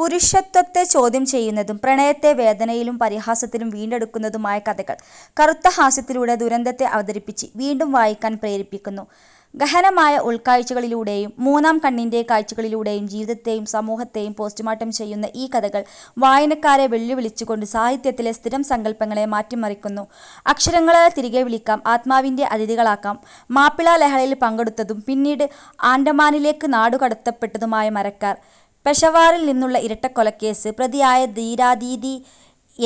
പുരുഷത്വത്തെ ചോദ്യം ചെയ്യുന്നതും, പ്രണയത്തെ വേദനയിലും പരിഹാസത്തിലും വീണ്ടെടുക്കുന്നതുമായ കഥകൾ, കറുത്ത ഹാസ്യത്തിലൂടെ ദുരന്തത്തെ അവതരിപ്പിച്ച് വീണ്ടും വായിക്കാൻ പ്രേരിപ്പിക്കുന്നു. ഗഹനമായ ഉൾക്കാഴ്ചകളിലൂടെയും, മൂന്നാം കണ്ണിന്റെ കാഴ്ചകളിലൂടെയും ജീവിതത്തെയും സമൂഹത്തെയും പോസ്റ്റ്മോർട്ടം ചെയ്യുന്ന ഈ കഥകൾ, വായനക്കാരെ വെല്ലുവിളിച്ചുകൊണ്ട് സാഹിത്യത്തിലെ സ്ഥിരം സങ്കൽപ്പങ്ങളെ മാറ്റിമറിക്കുന്നു. അക്ഷരങ്ങളാൽ തിരികെവിളിക്കാം; ആത്മാവിന്റെ അതിഥികളാക്കാം മാപ്പിള ലഹളയിൽ പങ്കെടുത്തതും പിന്നീട് ആൻഡമാനിലേക്ക് നാടുകടത്തപ്പെട്ടതുമായ മരയ്ക്കാർ, പെഷവാറിൽ നിന്നുള്ള ഇരട്ടക്കൊലക്കേസ് പ്രതിയായ ധീരാദീദി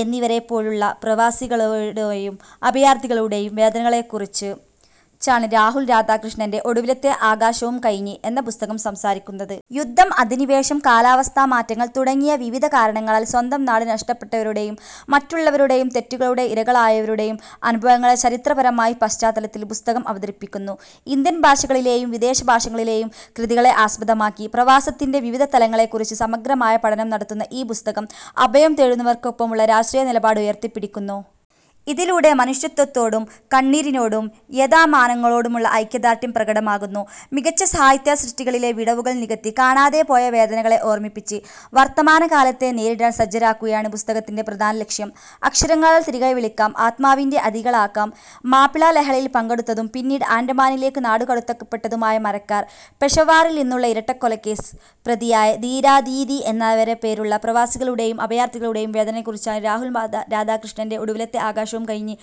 എന്നിവരെപ്പോലുള്ള പ്രവാസികളുടെയും അഭയാർഥികളുടെയും വേദനകളെക്കുറിച്ചാണ് രാഹുൽ രാധാകൃഷ്ണന്റെ 'ഒടുവിലത്തെ ആകാശവും കഴിഞ്ഞ്' എന്ന പുസ്തകം സംസാരിക്കുന്നത്. യുദ്ധം, അധിനിവേശം, കാലാവസ്ഥാ മാറ്റങ്ങൾ തുടങ്ങിയ വിവിധ കാരണങ്ങളാൽ സ്വന്തം നാട് നഷ്ടപ്പെട്ടവരുടെയും മറ്റുള്ളവരുടെ തെറ്റുകളുടെ ഇരകളായവരുടെയും അനുഭവങ്ങളെ ചരിത്രപരമായ പശ്ചാത്തലത്തിൽ പുസ്തകം അവതരിപ്പിക്കുന്നു. ഇന്ത്യൻ ഭാഷകളിലെയും വിദേശ ഭാഷകളിലെയും കൃതികളെ ആസ്പദമാക്കി, പ്രവാസത്തിന്റെ വിവിധ തലങ്ങളെക്കുറിച്ച് സമഗ്രമായ പഠനം നടത്തുന്ന ഈ പുസ്തകം, അഭയം തേടുന്നവർക്കൊപ്പമുള്ള രാഷ്ട്രീയ നിലപാട് ഉയർത്തിപ്പിടിക്കുന്നു. ഇതിലൂടെ മനുഷ്യത്വത്തോടും കണ്ണീരിനോടും യാതനകളോടുമുള്ള ഐക്യദാർഢ്യം പ്രകടമാക്കുന്നു. മികച്ച സാഹിത്യസൃഷ്ടികളിലെ വിടവുകൾ നികത്തി, കാണാതെപോയ വേദനകളെ ഓർമ്മിപ്പിച്ച്, വർത്തമാനകാലത്തെ നേരിടാൻ സജ്ജരാക്കുകയാണ് പുസ്തകത്തിന്റെ പ്രധാന ലക്ഷ്യം. അക്ഷരങ്ങളാൽ തിരികെവിളിക്കാം; ആത്മാവിന്റെ അതിഥികളാക്കാം മാപ്പിള ലഹളയിൽ പങ്കെടുത്തതും പിന്നീട് ആൻഡമാനിലേക്ക് നാടുകടത്തപ്പെട്ടതുമായ മരയ്ക്കാർ, പെഷവാറിൽ നിന്നുള്ള ഇരട്ടക്കൊലക്കേസ് പ്രതിയായ ധീരാദീദി എന്നിവരെപ്പോലുള്ള പ്രവാസികളുടെയും അഭയാർഥികളുടെയും വേദനകളെക്കുറിച്ചാണ് രാഹുൽ രാധാകൃഷ്ണന്റെ 'ഒടുവിലത്തെ ആകാശവും കഴിഞ്ഞ്'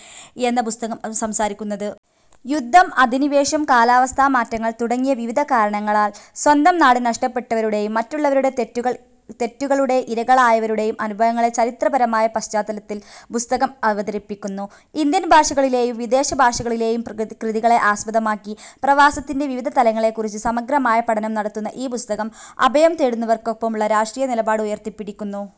എന്ന പുസ്തകം സംസാരിക്കുന്നത്. യുദ്ധം, അധിനിവേശം, കാലാവസ്ഥാ മാറ്റങ്ങൾ തുടങ്ങിയ വിവിധ കാരണങ്ങളാൽ സ്വന്തം നാട് നഷ്ടപ്പെട്ടവരുടെയും മറ്റുള്ളവരുടെ തെറ്റുകളുടെ ഇരകളായവരുടെയും അനുഭവങ്ങളെ ചരിത്രപരമായ പശ്ചാത്തലത്തിൽ പുസ്തകം അവതരിപ്പിക്കുന്നു. ഇന്ത്യൻ ഭാഷകളിലെയും വിദേശ ഭാഷകളിലെയും കൃതികളെ ആസ്പദമാക്കി, പ്രവാസത്തിന്റെ വിവിധ തലങ്ങളെക്കുറിച്ച് സമഗ്രമായ പഠനം നടത്തുന്ന ഈ പുസ്തകം, അഭയം തേടുന്നവർക്കൊപ്പമുള്ള രാഷ്ട്രീയ നിലപാട് ഉയർത്തിപ്പിടിക്കുന്നു.